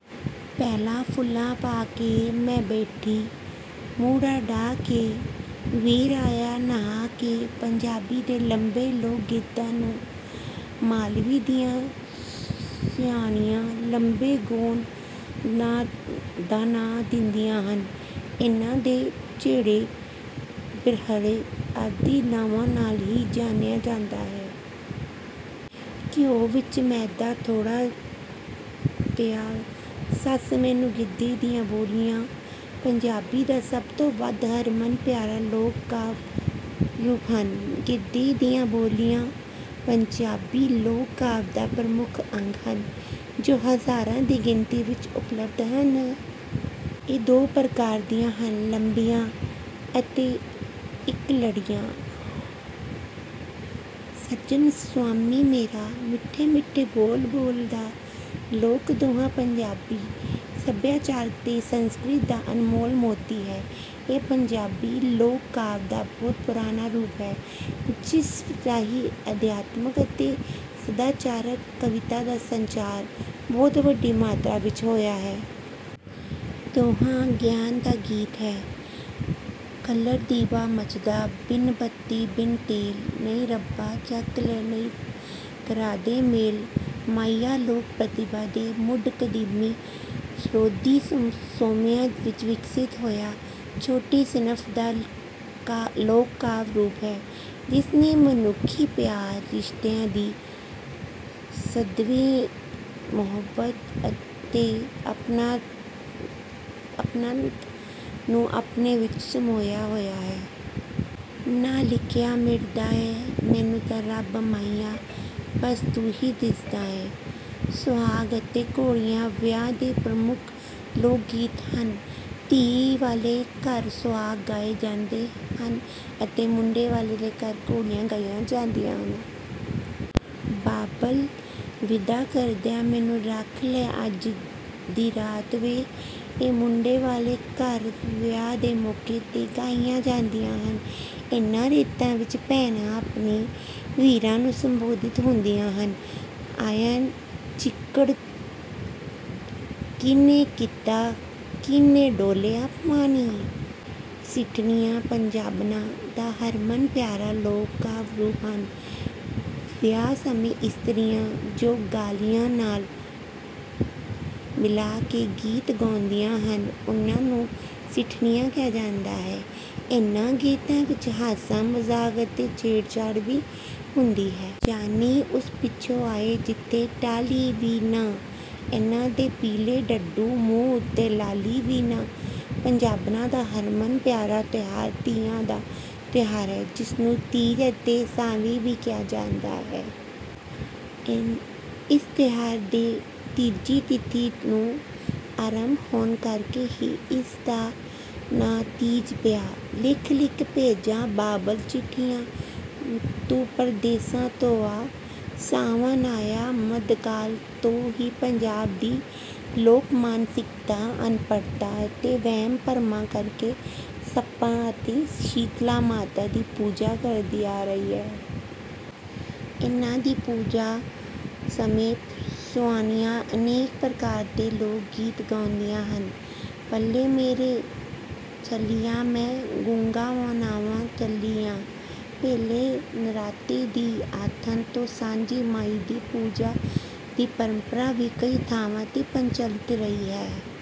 “ਪੈਲਾ ਫੁੱਲਾਂ ਪਾ ਕੇ, ਮੈਂ ਬੈਠੀ ਮੂਹੜਾ ਡਾਹ ਕੇ; ਵੀਰ ਆਇਆ ਨਹਾ ਕੇ।” ਪੰਜਾਬੀ ਦੇ ਲੰਬੇ ਲੋਕ-ਗੀਤਾਂ ਨੂੰ ਮਾਲਵੇ ਦੀਆਂ ਸੁਆਣੀਆਂ ‘ਲੰਬੇ ਗੌਣ’ ਦਾ ਨਾਂ ਦਿੰਦੀਆਂ ਹਨ। ਇਨ੍ਹਾਂ ਨੂੰ ‘ਝੇੜੇ’, ‘ਬਿਰਹੜੇ’ ਆਦਿ ਨਾਵਾਂ ਨਾਲ ਵੀ ਜਾਣਿਆ ਜਾਂਦਾ ਹੈ। “ਘਿਓ ਵਿੱਚ ਮੈਦਾ ਥੋੜ੍ਹਾ ਪਿਆ, ਸੱਸ ਮੈਨੂੰ ...” ਗਿੱਧੇ ਦੀਆਂ ਬੋਲੀਆਂ ਪੰਜਾਬੀਆਂ ਦਾ ਸਭ ਤੋਂ ਵੱਧ ਹਰਮਨ-ਪਿਆਰਾ ਲੋਕ-ਕਾਵਿ ਰੂਪ ਹਨ। ਗਿੱਧੇ ਦੀਆਂ ਬੋਲੀਆਂ ਪੰਜਾਬੀ ਲੋਕ-ਕਾਵਿ ਦਾ ਪ੍ਰਮੁੱਖ ਅੰਗ ਹਨ, ਜੋ ਹਜ਼ਾਰਾਂ ਦੀ ਗਿਣਤੀ ਵਿੱਚ ਉਪਲੱਬਧ ਹਨ। ਇਹ ਦੋ ਪ੍ਰਕਾਰ ਦੀਆਂ ਹਨ—ਲੰਬੀਆਂ ਅਤੇ ਇੱਕ-ਲੜੀਆਂ। “ਸੱਜਣ ਸੁਆਮੀ ਮੇਰਾ, ਮਿੱਠੇ-ਮਿੱਠੇ ਬੋਲ ਬੋਲਦਾ।” ਲੋਕ-ਦੋਹਾ ਪੰਜਾਬੀ ਸੱਭਿਆਚਾਰ ਤੇ ਸੰਸਕ੍ਰਿਤੀ ਦਾ ਅਨਮੋਲ ਮੋਤੀ ਹੈ। ਇਹ ਪੰਜਾਬੀ ਲੋਕ-ਕਾਵਿ ਦਾ ਬਹੁਤ ਪੁਰਾਣਾ ਰੂਪ ਹੈ, ਜਿਸ ਰਾਹੀਂ ਅਧਿਆਤਮਕ ਅਤੇ ਸਦਾਚਾਰਕ ਕਵਿਤਾ ਦਾ ਸੰਚਾਰ ਬਹੁਤ ਵੱਡੀ ਮਾਤਰਾ ਵਿੱਚ ਹੋਇਆ ਹੈ। ਦੋਹਾ ਗਿਆਨ ਦਾ ਗੀਤ ਹੈ। “ਕੱਲਰ ਦੀਵਾ ਮੱਚਦਾ, ਬਿਨ ਬੱਤੀ ਬਿਨ ਤੇਲ; ਨਹੀਂ ਰੱਬਾ, ਚੱਕ ਲੈ; ਨਹੀਂ ਕਰਾ ਦੇ ਮੇਲ।” ‘ਮਾਹੀਆ’ ਲੋਕ-ਪ੍ਰਤਿਭਾ ਦੇ ਮੁੱਢ-ਕਦੀਮੀ ਸਰੋਦੀ ਸੋਮਿਆਂ ਵਿੱਚੋਂ ਵਿਕਸਿਤ ਹੋਇਆ ਛੋਟੀ ਸਿਨਫ਼ ਦਾ ਲੋਕ-ਕਾਵਿ ਰੂਪ ਹੈ, ਜਿਸ ਨੇ ਮਨੁੱਖੀ ਪਿਆਰ, ਰਿਸ਼ਤਿਆਂ ਦੀ ਸਦੀਵੀਂ ਮੁਹੱਬਤ ਅਤੇ ਅਪਣੱਤ ਨੂੰ ਆਪਣੇ ਵਿੱਚ ਸਮੋਇਆ ਹੋਇਆ ਹੈ। “ਨਾ ਲਿਖਿਆ ਮਿਟਦਾ ਏ, ਮੈਨੂੰ ਤਾਂ ਰੱਬ ਮਾਹੀਆ, ਬੱਸ ਤੂੰ ਹੀ ਦਿਸਦਾ ਏ।” ‘ਸੁਹਾਗ’ ਅਤੇ ‘ਘੋੜੀਆਂ’ ਵਿਆਹ ਦੇ ਪ੍ਰਮੁੱਖ ਲੋਕ-ਗੀਤ ਹਨ। ਧੀ ਵਾਲੇ ਘਰ ਸੁਹਾਗ ਗਾਏ ਜਾਂਦੇ ਹਨ ਅਤੇ ਮੁੰਡੇ ਵਾਲੇ ਘਰ ਘੋੜੀਆਂ ਗਾਈਆਂ ਜਾਂਦੀਆਂ ਹਨ। “ਬਾਬਲ, ਵਿਦਾ ਕਰੇਂਦਿਆ, ਮੈਨੂੰ ਰੱਖ ਲੈ ਅੱਜ ਦੀ ਰਾਤ ਵੇ।” ਇਹ ਮੁੰਡੇ ਵਾਲੇ ਘਰ ਵਿਆਹ ਦੇ ਮੌਕੇ ’ਤੇ ਗਾਈਆਂ ਜਾਂਦੀਆਂ ਹਨ। ਇਨ੍ਹਾਂ ਰੀਤਾਂ ਵਿੱਚ ਭੈਣਾਂ ਆਪਣੇ ਵੀਰਾਂ ਨੂੰ ਸੰਬੋਧਿਤ ਹੁੰਦੀਆਂ ਹਨ। “ਆਇਣ ਚਿੱਕੜ ਕੀਹਨੇ ਕੀਤਾ, ਕੀਹਨੇ ਡੋਲ੍ਹਿਆ ਪਾਣੀ?” ਸਿੱਠਣੀਆਂ ਪੰਜਾਬਣਾਂ ਦਾ ਹਰਮਨ-ਪਿਆਰਾ ਲੋਕ-ਕਾਵਿ ਰੂਪ ਹਨ। ਵਿਆਹ ਸਮੇਂ ਇਸਤਰੀਆਂ ਜੋ ਗਾਲੀਆਂ ਨਾਲ ਮਿਲਾ ਕੇ ਗੀਤ ਗਾਉਂਦੀਆਂ ਹਨ, ਉਨ੍ਹਾਂ ਨੂੰ ਸਿੱਠਣੀਆਂ ਕਿਹਾ ਜਾਂਦਾ ਹੈ। ਇਨ੍ਹਾਂ ਗੀਤਾਂ ਵਿੱਚ ਹਾਸਾ-ਮਜ਼ਾਕ ਅਤੇ ਛੇੜਛਾੜ ਵੀ ਹੁੰਦੀ ਹੈ। “ਜਾਨੀ ਉਸ ਪਿੱਛੋਂ ਆਏ, ਜਿੱਥੇ ਟਾਹਲੀ ਵੀ ਨਾ; ਇਨ੍ਹਾਂ ਦੇ ਪੀਲੇ ਡੱਡੂ, ਮੂੰਹ ਉੱਤੇ ਲਾਲੀ ਵੀ ਨਾ।” ਪੰਜਾਬਣਾਂ ਦਾ ਹਰਮਨ-ਪਿਆਰਾ ਤਿਉਹਾਰ ‘ਤੀਆਂ’ ਦਾ ਤਿਉਹਾਰ ਹੈ, ਜਿਸ ਨੂੰ ‘ਤੀਜ’ ਅਤੇ ‘ਸਾਵੇ’ ਵੀ ਕਿਹਾ ਜਾਂਦਾ ਹੈ। ਇਸ ਤਿਉਹਾਰ ਦੇ ਤੀਜੀ ਤਿਥੀ ਨੂੰ ਆਰੰਭ ਹੋਣ ਕਰਕੇ ਹੀ ਇਸ ਦਾ ਨਾਂ ‘ਤੀਜ’ ਪਿਆ। “ਲਿਖ-ਲਿਖ ਭੇਜਾਂ ਬਾਬਲ ਚਿੱਠੀਆਂ, ਤੂੰ ਪਰਦੇਸਾਂ ਤੋਂ ਆ; ਸਾਵਣ ਆਇਆ।” ਮੱਧਕਾਲ ਤੋਂ ਹੀ ਪੰਜਾਬ ਦੀ ਲੋਕ-ਮਾਨਸਿਕਤਾ ਅਨਪੜ੍ਹਤਾ ਅਤੇ ਵਹਿਮਾਂ-ਭਰਮਾਂ ਕਰਕੇ ਸੱਪਾਂ ਅਤੇ ਸੀਤਲਾ ਮਾਤਾ ਦੀ ਪੂਜਾ ਕਰਦੀ ਆ ਰਹੀ ਹੈ। ਇਨ੍ਹਾਂ ਦੀ ਪੂਜਾ ਸਮੇਂ ਸੁਆਣੀਆਂ ਅਨੇਕ ਪ੍ਰਕਾਰ ਦੇ ਲੋਕ-ਗੀਤ ਗਾਉਂਦੀਆਂ ਹਨ। “ਪੱਲੇ ਮੇਰੇ ਛੱਲੀਆਂ, ਮੈਂ ਗੁੱਗਾ ਮਨਾਵਣ ਚੱਲੀ ਆਂ।” ਪਹਿਲੇ ਨਰਾਤੇ ਦੀ ਆਥਣ ਤੋਂ ‘ਸਾਂਝੀ ਮਾਈ’ ਦੀ ਪੂਜਾ ਦੀ ਪਰੰਪਰਾ ਵੀ ਕਈ ਥਾਵਾਂ ’ਤੇ ਪ੍ਰਚਲਿਤ ਰਹੀ ਹੈ।